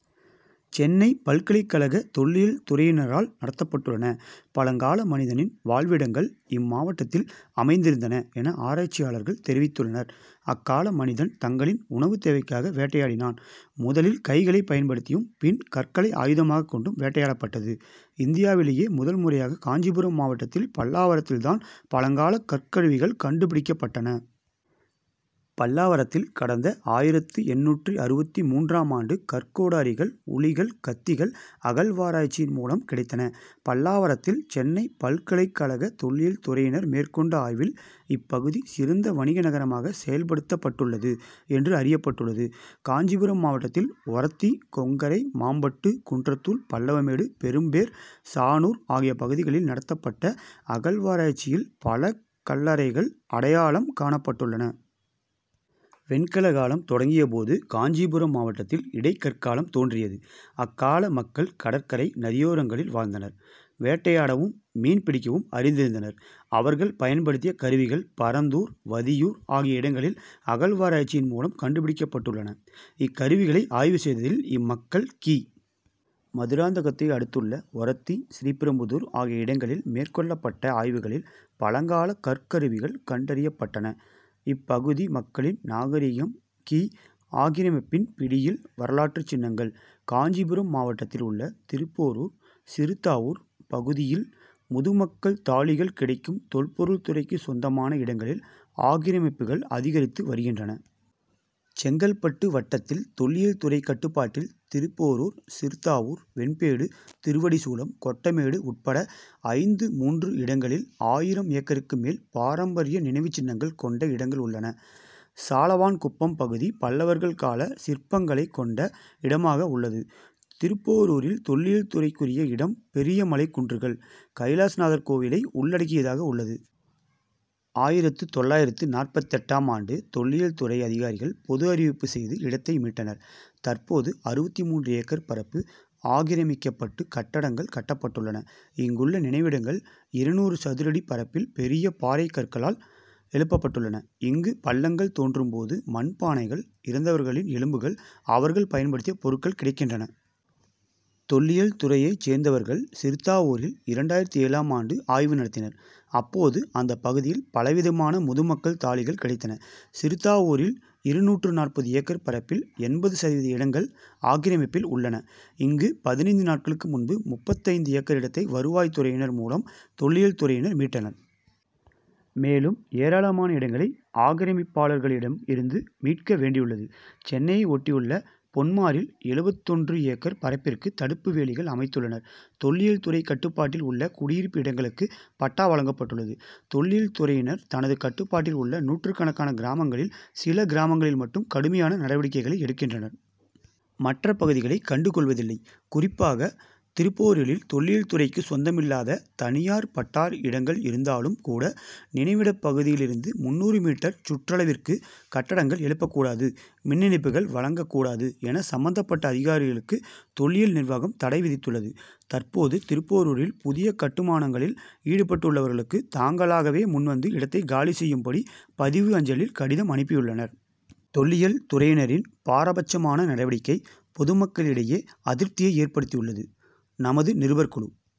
சென்னை பல்கலைக்கழக தொல்லியல் துறையினரால் நடத்தப்பட்டுள்ளன. பழங்கால மனிதனின் வாழ்விடங்கள் இம்மாவட்டத்தில் அமைந்திருந்தன என ஆராய்ச்சியாளர்கள் தெரிவித்துள்ளனர். அக்கால மனிதன் தங்களின் உணவுத் தேவைக்காக வேட்டையாடினான். முதலில் கைகளை பயன்படுத்தியும், பின் கற்களை ஆயுதமாகக் கொண்டும் வேட்டையாடப்பட்டது. இந்தியாவிலேயே முதன் முறையாக காஞ்சிபுரம் மாவட்டத்தில், பல்லாவரத்தில் தான் பழங்கால கற்கருவிகள் கண்டுபிடிக்கப்பட்டன. பல்லாவரத்தில், கடந்த ஆயிரத்து எண்ணூற்று அறுபத்து மூன்றாம் ஆண்டு கற்கோடாரிகள், உளிகள், கத்திகள் அகழ்வாராய்ச்சியின் மூலம் கிடைத்தன. பல்லாவரத்தில், சென்னை பல்கலைக்கழக தொல்லியல் துறையினர் மேற்கொண்ட ஆய்வில், இப்பகுதி சிறந்த வணிக நகரமாக செயல்படுத்தப்பட்டுள்ளது என்று அறியப்பட்டுள்ளது. காஞ்சிபுரம் மாவட்டத்தில், ஒரத்தி, கொங்கரை மாம்பட்டு, குன்றத்தூர், பல்லவமேடு, பெரும்பேர், சானூர் ஆகிய பகுதிகளில் நடத்தப்பட்ட அகழ்வாராய்ச்சியில் பல கல்லறைகள் அடையாளம் காணப்பட்டுள்ளன. வெண்கலகாலம் தொடங்கிய போது, காஞ்சிபுரம் மாவட்டத்தில் இடைக்கற்காலம் தோன்றியது. அக்கால மக்கள் கடற்கரை, நதியோரங்களில் வாழ்ந்தனர். வேட்டையாடவும், மீன் பிடிக்கவும் அறிந்திருந்தனர். அவர்கள் பயன்படுத்திய கருவிகள் பரந்தூர், வதியூர் ஆகிய இடங்களில் அகழ்வாராய்ச்சியின் மூலம் கண்டுபிடிக்கப்பட்டுள்ளன. இக்கருவிகளை ஆய்வு செய்ததில், இம்மக்கள் கி. மதுராந்தகத்தை அடுத்துள்ள ஒரத்தி, ஸ்ரீபெரும்புதூர் ஆகிய இடங்களில் மேற்கொள்ளப்பட்ட ஆய்வுகளில் பழங்கால கற்கருவிகள் கண்டறியப்பட்டன. இப்பகுதி மக்களின் நாகரிகம் கி. ஆக்கிரமிப்பின் பிடியில் வரலாற்று சின்னங்கள்: காஞ்சிபுரம் மாவட்டத்தில் உள்ள திருப்போரூர், சிறுத்தாவூர் பகுதியில் முதுமக்கள் தாழிகள் கிடைக்கும் தொல்பொருள் துறைக்கு சொந்தமான இடங்களில் ஆக்கிரமிப்புகள் அதிகரித்து வருகின்றன. செங்கல்பட்டு வட்டத்தில் தொல்லியல் துறை கட்டுப்பாட்டில் திருப்போரூர், சிறுத்தாவூர், வெண்பேடு, திருவடிசூலம், கொட்டமேடு உட்பட ஐந்து மூன்று இடங்களில் ஆயிரம் ஏக்கருக்கு மேல் பாரம்பரிய நினைவுச் சின்னங்கள் கொண்ட இடங்கள் உள்ளன. சாலவான்குப்பம் பகுதி பல்லவர்கள் கால சிற்பங்களைக் கொண்ட இடமாக உள்ளது. திருப்போரூரில் தொல்லியல் துறைக்குரிய இடம் பெரிய மலைக் குன்றுகள், கைலாசநாதர் கோவிலை உள்ளடக்கியதாக உள்ளது. ஆயிரத்து தொள்ளாயிரத்து நாற்பத்தெட்டாம் ஆண்டு தொல்லியல் துறை அதிகாரிகள் பொது அறிவிப்பு செய்து இடத்தை மீட்டனர். தற்போது அறுபத்து மூன்று ஏக்கர் பரப்பு ஆக்கிரமிக்கப்பட்டு கட்டங்கள் கட்டப்பட்டுள்ளன. இங்குள்ள நினைவிடங்கள் இருநூறு சதுரடி பரப்பில் பெரிய பாறை கற்களால் எழுப்பப்பட்டுள்ளன. இங்கு பள்ளங்கள் தோன்றும்போது மண் பானைகள், இறந்தவர்களின் எலும்புகள், அவர்கள் பயன்படுத்திய பொருட்கள் கிடைக்கின்றன. தொல்லியல் துறையைச் சேர்ந்தவர்கள் சிறுத்தாவூரில் இரண்டாயிரத்து ஏழாம் ஆண்டு ஆய்வு நடத்தினர். அப்போது அந்தப் பகுதியில் பலவிதமான முதுமக்கள் தாழிகள் கிடைத்தன. சிறுத்தாவூரில் இருநூற்று நாற்பது ஏக்கர் பரப்பில் எண்பது சதவீத இடங்கள் ஆக்கிரமிப்பில் உள்ளன. இங்கு பதினைந்து நாட்களுக்கு முன்பு முப்பத்தைந்து ஏக்கர் இடத்தை வருவாய் துறையினர் மூலம் தொல்லியல் துறையினர் மீட்டனர். மேலும் ஏராளமான இடங்களை ஆக்கிரமிப்பாளர்களிடம் இருந்து மீட்க வேண்டியுள்ளது. சென்னையை ஒட்டியுள்ள பொன்மாரில் எழுபத்தொன்று ஏக்கர் பரப்பிற்கு தடுப்பு வேலிகள் அமைத்துள்ளனர். தொல்லியல் துறை கட்டுப்பாட்டில் உள்ள குடியிருப்பு இடங்களுக்கு பட்டா வழங்கப்பட்டுள்ளது. தொல்லியல் துறையினர் தனது கட்டுப்பாட்டில் உள்ள நூற்றுக்கணக்கான கிராமங்களில் சில கிராமங்களில் மட்டும் கடுமையான நடவடிக்கைகளை எடுக்கின்றனர். மற்ற பகுதிகளை கண்டுகொள்வதில்லை. குறிப்பாக திருப்போரிலில் தொல்லியல் துறைக்கு சொந்தமில்லாத, தனியார் பட்டா இடங்கள் இருந்தாலும் கூட நினைவிடப் பகுதியிலிருந்து முந்நூறு மீட்டர் சுற்றளவிற்கு கட்டடங்கள் எழுப்பக் கூடாது மின் இணைப்புகள் வழங்கக் கூடாது என சம்பந்தப்பட்ட அதிகாரிகளுக்கு தொல்லியல் நிர்வாகம் தடை விதித்துள்ளது. தற்போது திருப்போரூரில் புதிய கட்டுமானங்களில் ஈடுபட்டுள்ளவர்களுக்கு தாங்களாகவே முன்வந்து இடத்தை காலி செய்யும்படி பதிவு அஞ்சலில் கடிதம் அனுப்பியுள்ளனர். தொல்லியல் துறையினரின் பாரபட்சமான நடவடிக்கை, பொதுமக்களிடையை அதிருப்தியை ஏற்படுத்தியுள்ளது. -நமது நிருபர் குழு